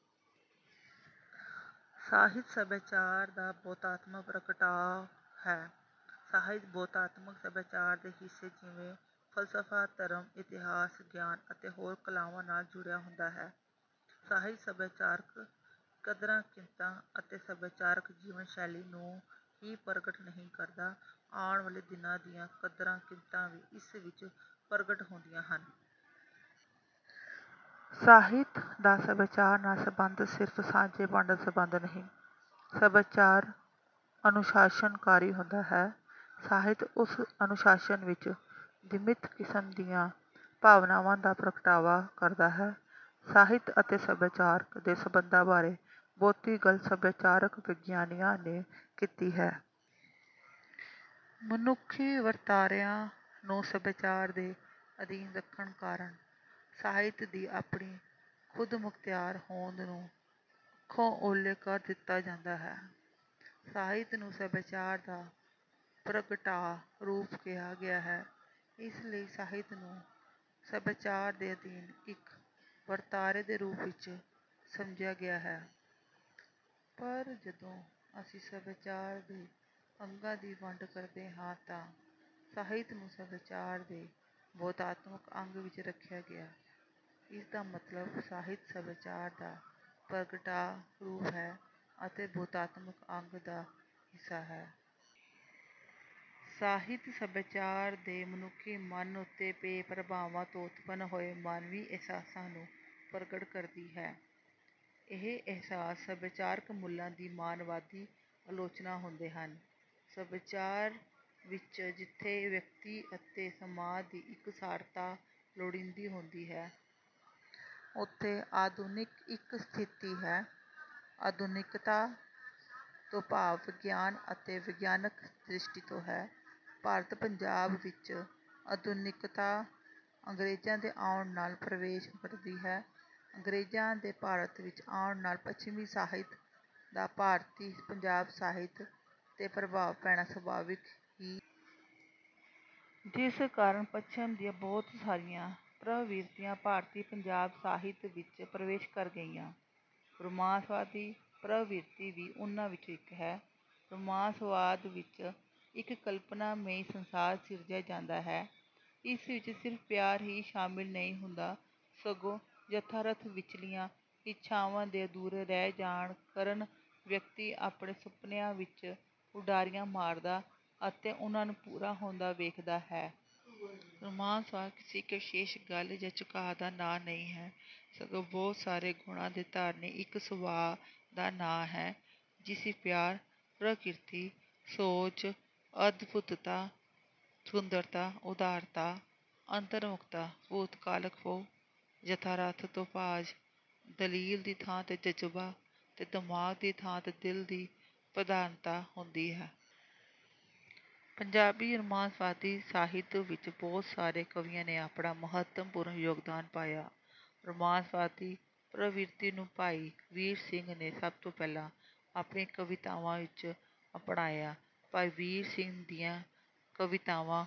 ਸਾਹਿਤ ਸਭਿਆਚਾਰ ਦਾ ਬੋਧਾਤਮਕ ਪ੍ਰਗਟਾਅ ਹੈ। ਸਾਹਿਤ ਬੋਧਾਤਮਕ ਸਭਿਆਚਾਰ ਦੇ ਹਿੱਸੇ ਜਿਵੇਂ- ਫਲਸਫਾ, ਧਰਮ, ਇਤਿਹਾਸ, ਗਿਆਨ ਅਤੇ ਹੋਰ ਕਲਾਵਾਂ ਨਾਲ ਜੁੜਿਆ ਹੁੰਦਾ ਹੈ। ਸਾਹਿਤ ਸਭਿਆਚਾਰਕ ਕਦਰਾਂ-ਕੀਮਤਾਂ ਅਤੇ ਸਭਿਆਚਾਰਕ ਜੀਵਨ ਸ਼ੈਲੀ ਨੂੰ ਹੀ ਪ੍ਰਗਟ ਨਹੀਂ ਕਰਦਾ, ਆਉਣ ਵਾਲੇ ਦਿਨਾਂ ਦੀਆਂ ਕਦਰਾਂ-ਕੀਮਤਾਂ ਵੀ ਇਸ ਵਿਚ ਪ੍ਰਗਟ ਹੁੰਦੀਆਂ ਹਨ। ਸਾਹਿਤ ਦਾ ਸਭਿਆਚਾਰ ਨਾਲ ਸੰਬੰਧ ਸਿਰਫ ਸਾਂਝੇਪਣ ਦਾ ਸੰਬੰਧ ਨਹੀਂ। ਸਭਿਆਚਾਰ ਅਨੁਸ਼ਾਸਨਕਾਰੀ ਹੁੰਦਾ ਹੈ। ਸਾਹਿਤ ਉਸ ਅਨੁਸ਼ਾਸਨ ਵਿੱਚ ਦਮਿਤ ਕਿਸਮ ਦੀਆਂ ਭਾਵਨਾਵਾਂ ਦਾ ਪ੍ਰਗਟਾਵਾ ਕਰਦਾ ਹੈ। ਸਾਹਿਤ ਅਤੇ ਸਭਿਆਚਾਰਕ ਦੇ ਸੰਬੰਧਾਂ ਬਾਰੇ ਬਹੁਤੀ ਗੱਲ ਸਭਿਆਚਾਰਕ ਵਿਗਿਆਨੀਆਂ ਨੇ ਕੀਤੀ ਹੈ। ਮਨੁੱਖੀ ਵਰਤਾਰਿਆਂ ਨੂੰ ਸਭਿਆਚਾਰ ਦੇ ਅਧੀਨ ਰੱਖਣ ਕਾਰਨ ਸਾਹਿਤ ਦੀ ਆਪਣੀ ਖ਼ੁਦਮੁਖ਼ਤਿਆਰ ਹੋਂਦ ਨੂੰ ਅੱਖੋਂ ਉਹਲੇ ਕਰ ਦਿੱਤਾ ਜਾਦਾਂ ਹੈ। ਸਾਹਿਤ ਨੂੰ ਸਭਿਆਚਾਰ ਦਾ ਪਰਗਟਾਅ ਰੂਪ ਕਿਹਾ ਗਿਆ ਹੈ। ਇਸ ਲਈ ਸਾਹਿਤ ਨੂੰ ਸਭਿਆਚਾਰ ਦੇ ਅਧੀਨ ਇਕ ਵਰਤਾਰੇ ਦੇ ਰੂਪ ਵਿੱਚ ਸਮਝਿਆ ਗਿਆ ਹੈ। ਪਰ ਜਦੋਂ ਅਸੀਂ ਸਭਿਆਚਾਰ ਦੇ ਅੰਗਾਂ ਦੀ ਵੰਡ ਕਰਦੇ ਹਾਂ ਤਾ ਸਾਹਿਤ ਨੂੰ ਸਭਿਆਚਾਰ ਦੇ ਬੋਧਾਤਮਕ ਅੰਗ ਵਿੱਚ ਰੱਖਿਆ ਗਿਆ। ਇਸ ਦਾ ਮਤਲਬ ਸਾਹਿਤ ਸਭਿਆਚਾਰ ਦਾ ਪਰਗਟਾਅ ਰੂਪ ਹੈ ਅਤੇ ਬੋਧਾਤਮਕ ਅੰਗ ਦਾ ਹਿੱਸਾ ਹੈ। ਸਾਹਿਤ ਸਭਿਆਚਾਰ ਦੇ ਮਨੁੱਖੀ ਮਨ ਉੱਤੇ ਪਏ ਪ੍ਰਭਾਵਾਂ ਤੋਂ ਉਤਪੰਨ ਹੋਏ ਮਾਨਵੀ ਅਹਿਸਾਸਾਂ ਨੂੰ ਪ੍ਰਗਟ ਕਰਦੀ ਹੈ। ਇਹ ਅਹਿਸਾਸ ਸਭਿਆਚਾਰਕ ਮੁੱਲਾਂ ਦੀ ਮਾਨਵਵਾਦੀ ਆਲੋਚਨਾ ਹੁੰਦੇ ਹਨ। ਸਭਿਆਚਾਰ ਵਿੱਚ ਜਿੱਥੇ ਵਿਅਕਤੀ ਅਤੇ ਸਮਾਜ ਦੀ ਇਕਸਾਰਤਾ ਲੋੜੀਦੀ ਹੁੰਦੀ ਹੈ। ਉੱਥੇ ਆਧੁਨਿਕ ਇੱਕ ਸਥਿਤੀ ਹੈ। ਆਧੁਨਿਕਤਾ ਤੋਂ ਭਾਵ ਵਿਗਿਆਨ ਅਤੇ ਵਿਗਿਆਨਕ ਦ੍ਰਿਸ਼ਟੀ ਤੋਂ ਹੈ। ਭਾਰਤ ਪੰਜਾਬ ਵਿੱਚ ਆਧੁਨਿਕਤਾ ਅੰਗਰੇਜ਼ਾ ਦੇ ਆਉਣ ਨਾਲ ਪ੍ਰਵੇਸ਼ ਕਰਦੀ ਹੈ। ਅੰਗਰੇਜ਼ਾਂ ਦੇ ਭਾਰਤ ਵਿੱਚ ਆਉਣ ਨਾਲ ਪੱਛਮੀ ਸਾਹਿਤ ਦਾ ਭਾਰਤੀ ਪੰਜਾਬ ਸਾਹਿਤ ਤੇ ਪ੍ਰਭਾਵ ਪੈਣਾ ਸੁਭਾਵਿਕ ਹੀ। ਜਿਸ ਕਾਰਨ ਪੱਛਮ ਦੀਆਂ ਬਹੁਤ ਸਾਰੀਆਂ ਪ੍ਰਵਿਰਤੀਆਂ ਭਾਰਤੀ ਪੰਜਾਬ ਸਾਹਿਤ ਵਿੱਚ ਪ੍ਰਵੇਸ਼ ਕਰ ਗਈਆਂ। ਰੁਮਾਂਸਵਾਦੀ ਪ੍ਰਵਿਰਤੀ ਵੀ ਉਨ੍ਹਾਂ ਵਿੱਚੋਂ ਇੱਕ ਹੈ। ਰੁਮਾਂਸਵਾਦ ਵਿੱਚ ਇੱਕ ਕਲਪਨਾ ਮਈ ਸੰਸਾਰ ਸਿਰਜਿਆ ਜਾਂਦਾ ਹੈ। ਇਸ ਵਿੱਚ ਸਿਰਫ਼ ਪਿਆਰ ਹੀ ਸ਼ਾਮਿਲ ਨਹੀਂ ਹੁੰਦਾ, ਸਗੋਂ ਯਥਾਰਥ ਵਿਚਲੀਆਂ ਇੱਛਾਵਾਂ ਦੇ ਅਧੂਰੇ ਰਹਿ ਜਾਣ ਕਰਨ ਵਿਅਕਤੀ ਆਪਣੇ ਸੁਪਨਿਆਂ ਵਿੱਚ ਉਡਾਰੀਆਂ ਮਾਰਦਾ ਅਤੇ ਉਨ੍ਹਾਂ ਨੂੰ ਪੂਰਾ ਹੁੰਦਾ ਵੇਖਦਾ ਹੈ। ਰੁਮਾਂਸਵਾਦ ਕਿਸੇ ਇੱਕ ਵਿਸ਼ੇਸ਼ ਗੱਲ ਜਾਂ ਝੁਕਾਅ ਦਾ ਨਾਂ ਨਹੀਂ ਹੈ ਸਗੋਂ ਬਹੁਤ ਸਾਰੇ ਗੁਣਾਂ ਦੇ ਧਾਰਨੀ ਇੱਕ ਸੁਭਾਅ ਦਾ ਨਾਂ ਹੈ। ਜਿਸ ਵਿੱਚ ਪਿਆਰ, ਪ੍ਰਕਿਰਤੀ, ਸੁਹਜ, ਅਦਭੁੁਤਤਾਂ, ਸੁੰਦਰਤਾ, ਉਦਾਰਤਾ, ਅੰਤਰਮੁੁਖਤਾਂ, ਭੂਤਕਾਲਕ ਪੋਹ, ਯਥਾਰਥ ਤੋਂ ਭਾਂਜ, ਦਲੀਲ ਦੀ ਥਾਂ ਤੇ ਜਜ਼ਬਾ ਤੇ ਦਿਮਾਗ ਦੀ ਥਾਂ ਤੇ ਦਿਲ ਦੀ ਪ੍ਰਧਾਨਤਾ ਹੁੰਦੀ ਹੈ। ਪੰਜਾਬੀ ਰੁਮਾਂਸਵਾਦੀ ਸਾਹਿਤ ਵਿੱਚ ਬਹੁਤ ਸਾਰੇ ਕਵੀਆਂ ਨੇ ਆਪਣਾ ਮਹੱਤਵਪੂਰਨ ਯੋਗਦਾਨ ਪਾਇਆ। ਰੁਮਾਂਸਵਾਦੀ ਪ੍ਰਵਿਰਤੀ ਨੂੰ ਭਾਈ ਵੀਰ ਸਿੰਘ ਨੇ ਸਭ ਤੋਂ ਪਹਿਲਾਂ ਆਪਣੀਆਂ ਕਵਿਤਾਵਾਂ ਵਿੱਚ ਅਪਣਾਇਆ। ਭਾਈ ਵੀਰ ਸਿੰਘ ਦੀਆਂ ਕਵਿਤਾਵਾਂ